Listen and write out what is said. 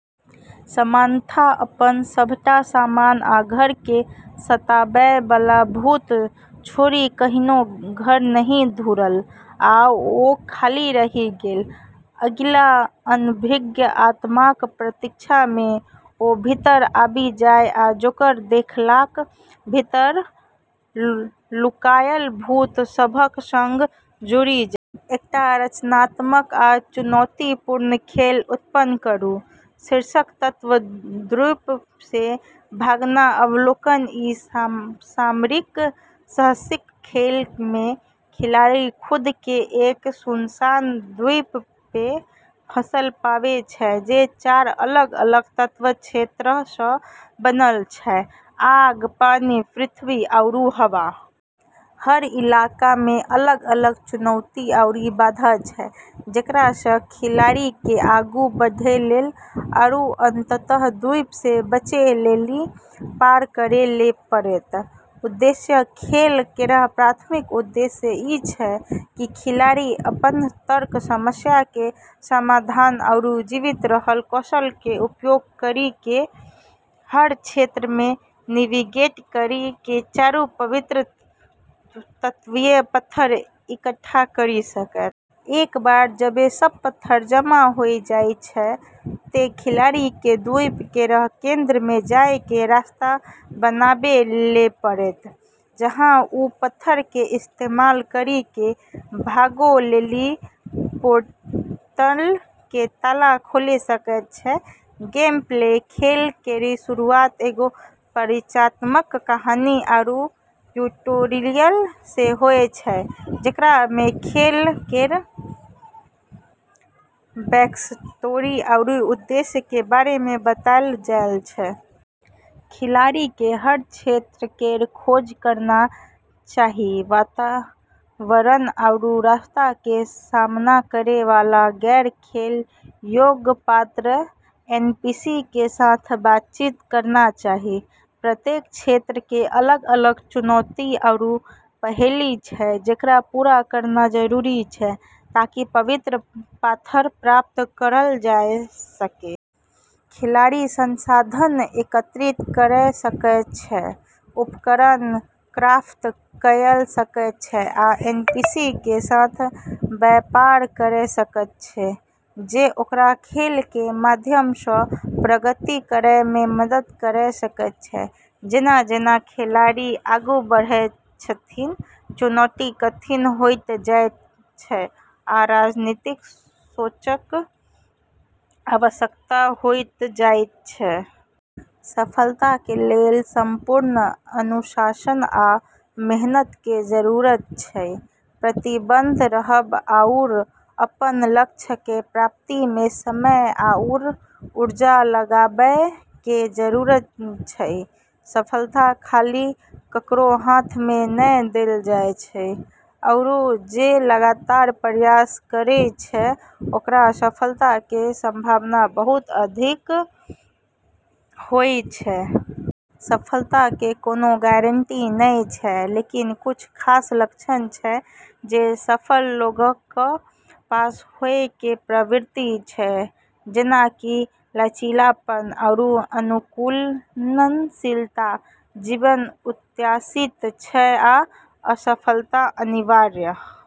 Samantha अपन सभटा सामान आ घर मे सताबय बला भूत छोड़ि कहियो घर नहि घुरल। आ ओ खाली रहि गेल, अगिला अनभिज्ञ आत्माक प्रतीक्षा मे जे ओ भीतर आबि जाय आ ओकर देबालक भीतर लुकायल भूत सभक संग जुड़ि जाय। एकटा रचनात्मक आ चुनौतीपूर्ण खेल उत्पन्न करू। शीर्षक तत्व द्वीप से भागना अवलोकन ई सामरिक साहसिक खेल मे खिलाड़ी खुद के एक सुनसान द्वीप पे फंसलऽ पाबै छै जे चार अलग-अलग तत्व क्षेत्रऽ स॑ बनलऽ छै, आग, पानी, पृथ्वी, आरू हवा। हर इलाका मे अलग-अलग चुनौती आरू बाधा छै जेकरा से खिलाड़ी के आगू बढ़ै लेली आरू अंततः द्वीप से बचै लेली पार करै ले पड़तै। उद्देश्य खेल केरऽ प्राथमिक उद्देश्य ई छै कि खिलाड़ी अपनऽ तर्क, समस्या के समाधान आरू जीवित रहना कौशल के उपयोग करी के हर क्षेत्र मे नेविगेट करी के चारि पवित्र तत्वीय पत्थर इकट्ठा करी सके। एक बार जबे सब पत्थर जमा होय जाय छै ते खिलाड़ी के द्वीप केरऽ केंद्र मे जाय के रास्ता बनाबै ले पड़तै, जहां उ पत्थरऽ के इस्तेमाल करी के भागै लेली पोर्टल के ताला खोले सकै छै, गेमप्ले खेल केरऽ शुरुआत एगो परिचयात्मक कहानी आरू ट्यूटोरियल से होय छै जेकरा मे खेल केरऽ बैकस्टोरी आरू उद्देश्य के बारे मे बतैलऽ जाय छै। खिलाड़ी के हर क्षेत्र केरऽ खोज करना चाहियऽ, वातावरण आरू रास्ता मे सामना करै वाला गैर-खेल योग्य पात्र (एनपीसी) के साथ बातचीत करना चाहि। प्रत्येक क्षेत्र के अलग-अलग चुनौती आरू पहेली छै जेकरा पूरा करना जरूरी छै ताकि पवित्र पाथर प्राप्त करलऽ जाय सके। खिलाड़ी संसाधन एकत्रित कयर सकय छै, उपकरण क्राफ्ट कयर सकय छै आ एनपीसी कें साथ व्यापार कयर सकय छै जे ओकरा खेल कें माध्यम सं प्रगति करय मे मदद करय सकय छै जेना-जेना खिलाड़ी आगू बढ़ैत छथि, चुनौती कठिन होइत जाइत अछि आ रणनीतिक सोचक आवश्यकता होइत जाइत अछि। सफलता के लेल समर्पण, अनुशासन आ मेहनत के जरूरत छै। प्रतिबद्ध रहब आओर अपन लक्ष्य के प्राप्ति मे समय आओर ऊर्जा लगाबय के जरूरत अछि, सफलता खाली ककरो हाथ में नै देलऽ जाय छै आरू जे लगातार प्रयास करै छै ओकरऽ सफलता के संभावना बहुत अधिक होय छै। सफलता के कोनो गारंटी नै छै लेकिन कुछ खास लक्षण छै जे सफल लोगऽ के पास होय के प्रवृत्ति छै जेना कि लचीलापन आरू अनुकूलनशीलता, जीवन अप्रत्याशित अछि आ असफलता अनिवार्य।